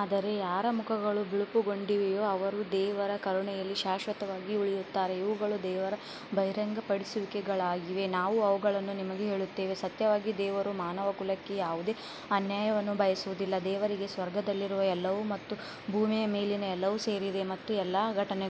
ಆದರೆ ಯಾರ ಮುಖಗಳು ಬಿಳುಪುಗೊಂಡಿವೆಯೋ ಅವರು ದೇವರ ಕರುಣೆಯಲ್ಲಿ ಶಾಶ್ವತವಾಗಿ ಉಳಿಯುತ್ತಾರೆ ಇವುಗಳು ದೇವರ ಬಹಿರಂಗಪಡಿಸುವಿಕೆಗಳಾಗಿವೆ, ನಾವು ಅವುಗಳನ್ನು ನಿಮಗೆ ಹೇಳುತ್ತೇವೆ ಸತ್ಯವಾಗಿ ದೇವರು ಮಾನವಕುಲಕ್ಕೆ ಯಾವುದೇ ಅನ್ಯಾಯವನ್ನು ಬಯಸುವುದಿಲ್ಲ ದೇವರಿಗೆ ಸ್ವರ್ಗದಲ್ಲಿರುವ ಎಲ್ಲವೂ ಮತ್ತು ಭೂಮಿಯ ಮೇಲಿನ ಎಲ್ಲವೂ ಸೇರಿದೆ ಮತ್ತು ಎಲ್ಲಾ ಘಟನೆ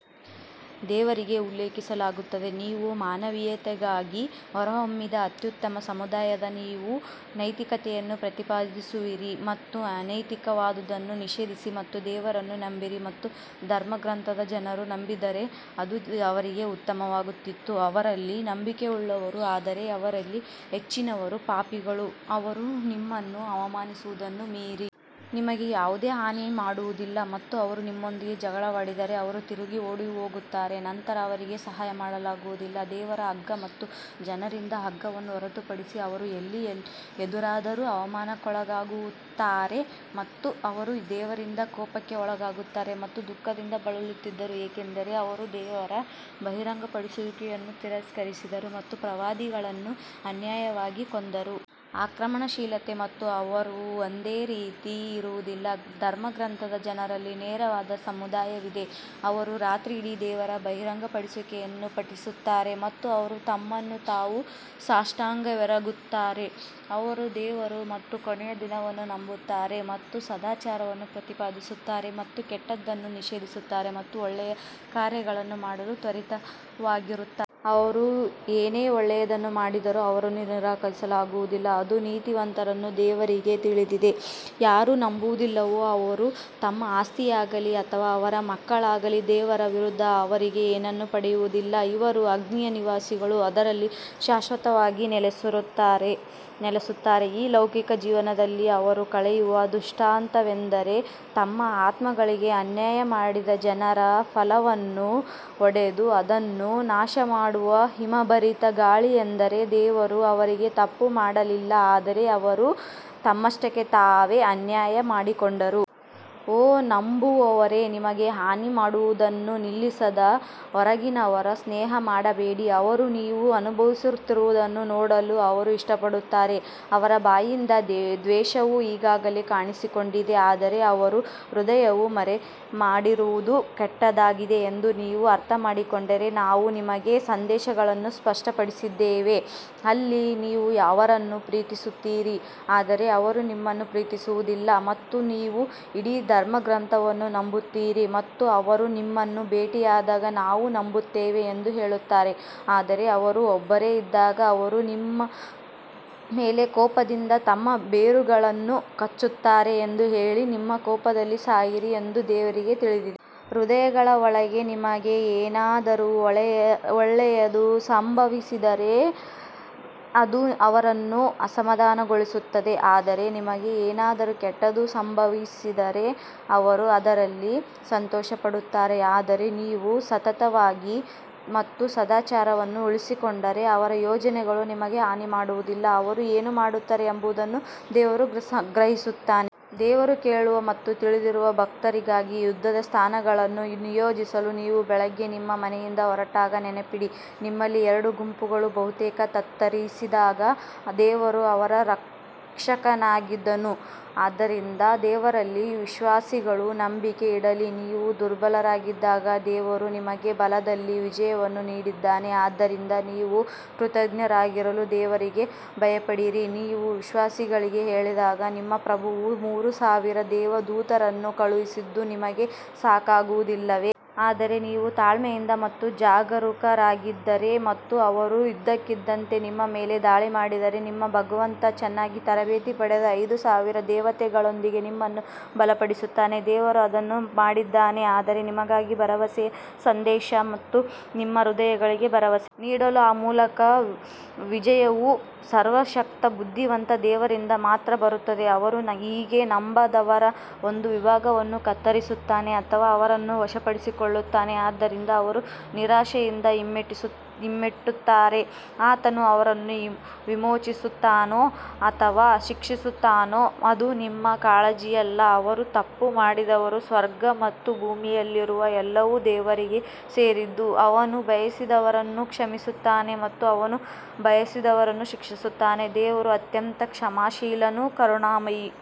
ದೇವರಿಗೆ ಉಲ್ಲೇಖಿಸಲಾಗುತ್ತದೆ ನೀವು ಮಾನವೀಯತೆಗಾಗಿ ಹೊರಹೊಮ್ಮಿದ ಅತ್ಯುತ್ತಮ ಸಮುದಾಯ ನೀವು ನೈತಿಕತೆಯನ್ನು ಪ್ರತಿಪಾದಿಸುವಿರಿ ಮತ್ತು ಅನೈತಿಕವಾದುದನ್ನು ನಿಷೇಧಿಸಿ ಮತ್ತು ದೇವರನ್ನು ನಂಬಿರಿ ಮತ್ತು ಧರ್ಮಗ್ರಂಥದ ಜನರು ನಂಬಿದ್ದರೆ ಅದು ಅವರಿಗೆ ಉತ್ತಮವಾಗುತ್ತಿತ್ತು ಅವರಲ್ಲಿ ನಂಬಿಕೆಯುಳ್ಳವರು ಆದರೆ ಅವರಲ್ಲಿ ಹೆಚ್ಚಿನವರು ಪಾಪಿಗಳು ಅವರು ನಿಮ್ಮನ್ನು ಅವಮಾನಿಸುವುದನ್ನು ಮೀರಿ ನಿಮಗೆ ಯಾವುದೇ ಹಾನಿ ಮಾಡುವುದಿಲ್ಲ ಮತ್ತು ಅವರು ನಿಮ್ಮೊಂದಿಗೆ ಜಗಳವಾಡಿದರೆ ಅವರು ತಿರುಗಿ ಓಡಿಹೋಗುತ್ತಾರೆ ನಂತರ ಅವರಿಗೆ ಸಹಾಯ ಮಾಡಲಾಗುವುದಿಲ್ಲ ದೇವರ ಹಗ್ಗ ಮತ್ತು ಜನರಿಂದ ಹಗ್ಗವನ್ನು ಹೊರತುಪಡಿಸಿ ಅವರು ಎಲ್ಲಿ ಎದುರಾದರೂ ಅವಮಾನಕ್ಕೊಳಗಾಗುತ್ತಾರೆ ಮತ್ತು ಅವರು ದೇವರಿಂದ ಕೋಪಕ್ಕೆ ಒಳಗಾಗುತ್ತಾರೆ ಮತ್ತು ದುಃಖದಿಂದ ಬಳಲುತ್ತಿದ್ದರು, ಏಕೆಂದರೆ ಅವರು ದೇವರ ಬಹಿರಂಗಪಡಿಸುವಿಕೆಯನ್ನು ತಿರಸ್ಕರಿಸಿದರು ಮತ್ತು ಪ್ರವಾದಿಗಳನ್ನು ಅನ್ಯಾಯವಾಗಿ ಕೊಂದರು. ಆಕ್ರಮಣಶೀಲತೆ ಅವರು ಒಂದೇ ರೀತಿ ಇರುವುದಿಲ್ಲ ಧರ್ಮಗ್ರಂಥದ ಜನರಲ್ಲಿ ನೇರವಾದ ಸಮುದಾಯವಿದೆ, ಅವರು ರಾತ್ರಿಯಿಡೀ ದೇವರ ಬಹಿರಂಗಪಡಿಸುವಿಕೆಯನ್ನು ಪಠಿಸುತ್ತಾರೆ ಮತ್ತು ಅವರು ತಮ್ಮನ್ನು ತಾವು ಸಾಷ್ಟಾಂಗವೆರಗುತ್ತಾರೆ. ಅವರು ದೇವರು ಮತ್ತು ಕೊನೆಯ ದಿನವನ್ನು ನಂಬುತ್ತಾರೆ ಮತ್ತು ಸದಾಚಾರವನ್ನು ಪ್ರತಿಪಾದಿಸುತ್ತಾರೆ ಮತ್ತು ಕೆಟ್ಟದ್ದನ್ನು ನಿಷೇಧಿಸುತ್ತಾರೆ ಮತ್ತು ಒಳ್ಳೆಯ ಕಾರ್ಯಗಳನ್ನು ಮಾಡಲು ತ್ವರಿತವಾಗಿರುತ್ತಾರೆ. ಅವರು ಏನೇ ಒಳ್ಳೆಯದನ್ನು ಮಾಡಿದರೂ ಅವರನ್ನು ನಿರಾಕರಿಸಲಾಗುವುದಿಲ್ಲ ಅದು ನೀತಿವಂತರನ್ನು ದೇವರಿಗೆ ತಿಳಿದಿದೆ ಯಾರು ನಂಬುವುದಿಲ್ಲವೋ ಅವರು ತಮ್ಮ ಆಸ್ತಿಯಾಗಲಿ ಅಥವಾ ಅವರ ಮಕ್ಕಳಾಗಲಿ ದೇವರ ವಿರುದ್ಧ ಅವರಿಗೆ ಏನನ್ನೂ ಪಡೆಯುವುದಿಲ್ಲ, ಇವರು ಅಗ್ನಿಯ ನಿವಾಸಿಗಳು ಅದರಲ್ಲಿ ಶಾಶ್ವತವಾಗಿ ನೆಲೆಸುತ್ತಾರೆ. ಈ ಲೌಕಿಕ ಜೀವನದಲ್ಲಿ ಅವರು ಕಳೆಯುವ ದೃಷ್ಟಾಂತವೆಂದರೆ ತಮ್ಮ ಆತ್ಮಗಳಿಗೆ ಅನ್ಯಾಯ ಮಾಡಿದ ಜನರ ಫಸಲನ್ನು ಹೊಡೆದು ಅದನ್ನು ನಾಶಮಾಡುವ ಹಿಮಭರಿತ ಗಾಳಿಯೆಂದರೆ ದೇವರು ಅವರಿಗೆ ತಪ್ಪು ಮಾಡಲಿಲ್ಲ ಆದರೆ ಅವರು ತಮ್ಮಷ್ಟಕ್ಕೇ ತಾನೇ ಅನ್ಯಾಯ ಮಾಡಿಕೊಂಡರು. ಓ ನಂಬುವವರೇ ನಿಮಗೆ ಹಾನಿ ಮಾಡುವುದನ್ನು ನಿಲ್ಲಿಸದ ಹೊರಗಿನವರ ಸ್ನೇಹ ಮಾಡಬೇಡಿ ಅವರು ನೀವು ಅನುಭವಿಸುತ್ತಿರುವುದನ್ನು ನೋಡಲು ಅವರು ಇಷ್ಟಪಡುತ್ತಾರೆ ಅವರ ಬಾಯಿಂದ ದ್ವೇಷವು ಈಗಾಗಲೇ ಕಾಣಿಸಿಕೊಂಡಿದೆ ಆದರೆ ಅವರ ಹೃದಯವು ಮರೆಮಾಡಿರುವುದು ಕೆಟ್ಟದಾಗಿದೆ ಎಂದು ನೀವು ಅರ್ಥಮಾಡಿಕೊಂಡರೆ ನಾವು ನಿಮಗೆ ಸಂದೇಶಗಳನ್ನು ಸ್ಪಷ್ಟಪಡಿಸಿದ್ದೇವೆ. ಅಲ್ಲಿ ನೀವು ಅವರನ್ನು ಪ್ರೀತಿಸುತ್ತೀರಿ ಆದರೆ ಅವರು ನಿನ್ನನ್ನು ಪ್ರೀತಿಸುವುದಿಲ್ಲ ಮತ್ತು ನೀವು ಇಡೀ ಧರ್ಮಗ್ರಂಥವನ್ನು ನಂಬುತ್ತೀರಿ ಮತ್ತು ಅವರು ನಿಮ್ಮನ್ನು ಭೇಟಿಯಾದಾಗ ನಾವು ನಂಬುತ್ತೇವೆ ಎಂದು ಹೇಳುತ್ತಾರೆ ಆದರೆ ಅವರು ಒಬ್ಬರೇ ಇದ್ದಾಗ ಅವರು ನಿಮ್ಮ ಮೇಲೆ ಕೋಪದಿಂದ ತಮ್ಮ ಬೆರಳುಗಳನ್ನು ಕಚ್ಚುತ್ತಾರೆ ಎಂದು ಹೇಳಿ ನಿಮ್ಮ ಕೋಪದಲ್ಲಿ ಸಾಯಿರಿ ಎಂದು ದೇವರಿಗೆ ತಿಳಿದಿದೆ. ಹೃದಯಗಳ ಒಳಗೆ ನಿಮಗೆ ಏನಾದರೂ ಒಳ್ಳೆಯದು ಸಂಭವಿಸಿದರೆ ಅದು ಅವರನ್ನು ಅಸಮಾಧಾನಗೊಳಿಸುತ್ತದೆ ಆದರೆ ನಿಮಗೆ ಏನಾದರೂ ಕೆಟ್ಟದು ಸಂಭವಿಸಿದರೆ ಅವರು ಅದರಲ್ಲಿ ಸಂತೋಷಪಡುತ್ತಾರೆ ಆದರೆ ನೀವು ಸತತವಾಗಿ ಮತ್ತು ಸದಾಚಾರವನ್ನು ಉಳಿಸಿಕೊಂಡರೆ ಅವರ ಯೋಜನೆಗಳು ನಿಮಗೆ ಹಾನಿ ಮಾಡುವುದಿಲ್ಲ, ಅವರು ಏನು ಮಾಡುತ್ತಾರೆ ಎಂಬುದನ್ನು ದೇವರು ಗ್ರಹಿಸುತ್ತಾನೆ. ದೇವರು ಕೇಳುವ ಮತ್ತು ತಿಳಿದಿರುವ ಭಕ್ತರಿಗಾಗಿ ಯುದ್ಧದ ಸ್ಥಾನಗಳನ್ನು ನಿಯೋಜಿಸಲು ನೀವು ಬೆಳಿಗ್ಗೆ ನಿಮ್ಮ ಮನೆಯಿಂದ ಹೊರಟಾಗ ನೆನಪಿಡಿ ನಿಮ್ಮಲ್ಲಿ ಎರಡು ಗುಂಪುಗಳು ಬಹುತೇಕ ತತ್ತರಿಸಿದಾಗ ದೇವರು ಅವರ ರಕ್ಷಕನಾಗಿದ್ದನು ಆದ್ದರಿಂದ ದೇವರಲ್ಲಿ ವಿಶ್ವಾಸಿಗಳು ನಂಬಿಕೆ ಇಡಲಿ ನೀವು ದುರ್ಬಲರಾಗಿದ್ದಾಗ ದೇವರು ನಿಮಗೆ ಬಲದಲ್ಲಿ ವಿಜಯವನ್ನು ನೀಡಿದ್ದಾನೆ ಆದ್ದರಿಂದ ನೀವು ಕೃತಜ್ಞರಾಗಿರಲು ದೇವರಿಗೆ ಭಯಪಡಿರಿ ನೀವು ವಿಶ್ವಾಸಿಗಳಿಗೆ ಹೇಳಿದಾಗ ನಿಮ್ಮ ಪ್ರಭುವು ಮೂರು ಸಾವಿರ ದೇವದೂತರನ್ನು ಕಳುಹಿಸಿದ್ದು ನಿಮಗೆ ಸಾಕಾಗುವುದಿಲ್ಲವೇ? ಆದರೆ ನೀವು ತಾಳ್ಮೆಯಿಂದ ಮತ್ತು ಜಾಗರೂಕರಾಗಿದ್ದರೆ ಮತ್ತು ಅವರು ಇದ್ದಕ್ಕಿದ್ದಂತೆ ನಿಮ್ಮ ಮೇಲೆ ದಾಳಿ ಮಾಡಿದರೆ ನಿಮ್ಮ ಭಗವಂತ ಚೆನ್ನಾಗಿ ತರಬೇತಿ ಪಡೆದ ಐದು ಸಾವಿರ ದೇವತೆಗಳೊಂದಿಗೆ ನಿಮ್ಮನ್ನು ಬಲಪಡಿಸುತ್ತಾನೆ. ದೇವರು ಅದನ್ನು ಮಾಡಿದ್ದಾನೆ ಆದರೆ ನಿಮಗಾಗಿ ಭರವಸೆಯ ಸಂದೇಶ ಮತ್ತು ನಿಮ್ಮ ಹೃದಯಗಳಿಗೆ ಭರವಸೆ ನೀಡಲು ಆ ಮೂಲಕ ವಿಜಯವು ಸರ್ವಶಕ್ತ ಬುದ್ಧಿವಂತ ದೇವರಿಂದ ಮಾತ್ರ ಬರುತ್ತದೆ ಅವನು ಹೀಗೆ ನಂಬದವರ ಒಂದು ವಿಭಾಗವನ್ನು ಕತ್ತರಿಸುತ್ತಾನೆ ಅಥವಾ ಅವರನ್ನು ವಶಪಡಿಸಿಕೊಳ್ಳುತ್ತಾನೆ ಆದ್ದರಿಂದ ಅವರು ನಿರಾಶೆಯಿಂದ ಹಿಮ್ಮೆಟ್ಟುತ್ತಾರೆ ಆತನು ಅವರನ್ನು ವಿಮೋಚಿಸುತ್ತಾನೋ ಅಥವಾ ಶಿಕ್ಷಿಸುತ್ತಾನೋ ಅದು ನಿಮ್ಮ ಕಾಳಜಿಯಲ್ಲ ಅವರು ತಪ್ಪು ಮಾಡಿದವರು ಸ್ವರ್ಗ ಮತ್ತು ಭೂಮಿಯಲ್ಲಿರುವ ಎಲ್ಲವೂ ದೇವರಿಗೆ ಸೇರಿದ್ದು, ಅವನು ಬಯಸಿದವರನ್ನು ಕ್ಷಮಿಸುತ್ತಾನೆ ಮತ್ತು ಅವನು ಬಯಸಿದವರನ್ನು ಶಿಕ್ಷಿಸುತ್ತಾನೆ ದೇವರು ಅತ್ಯಂತ ಕ್ಷಮಾಶೀಲನು ಕರುಣಾಮಯಿ.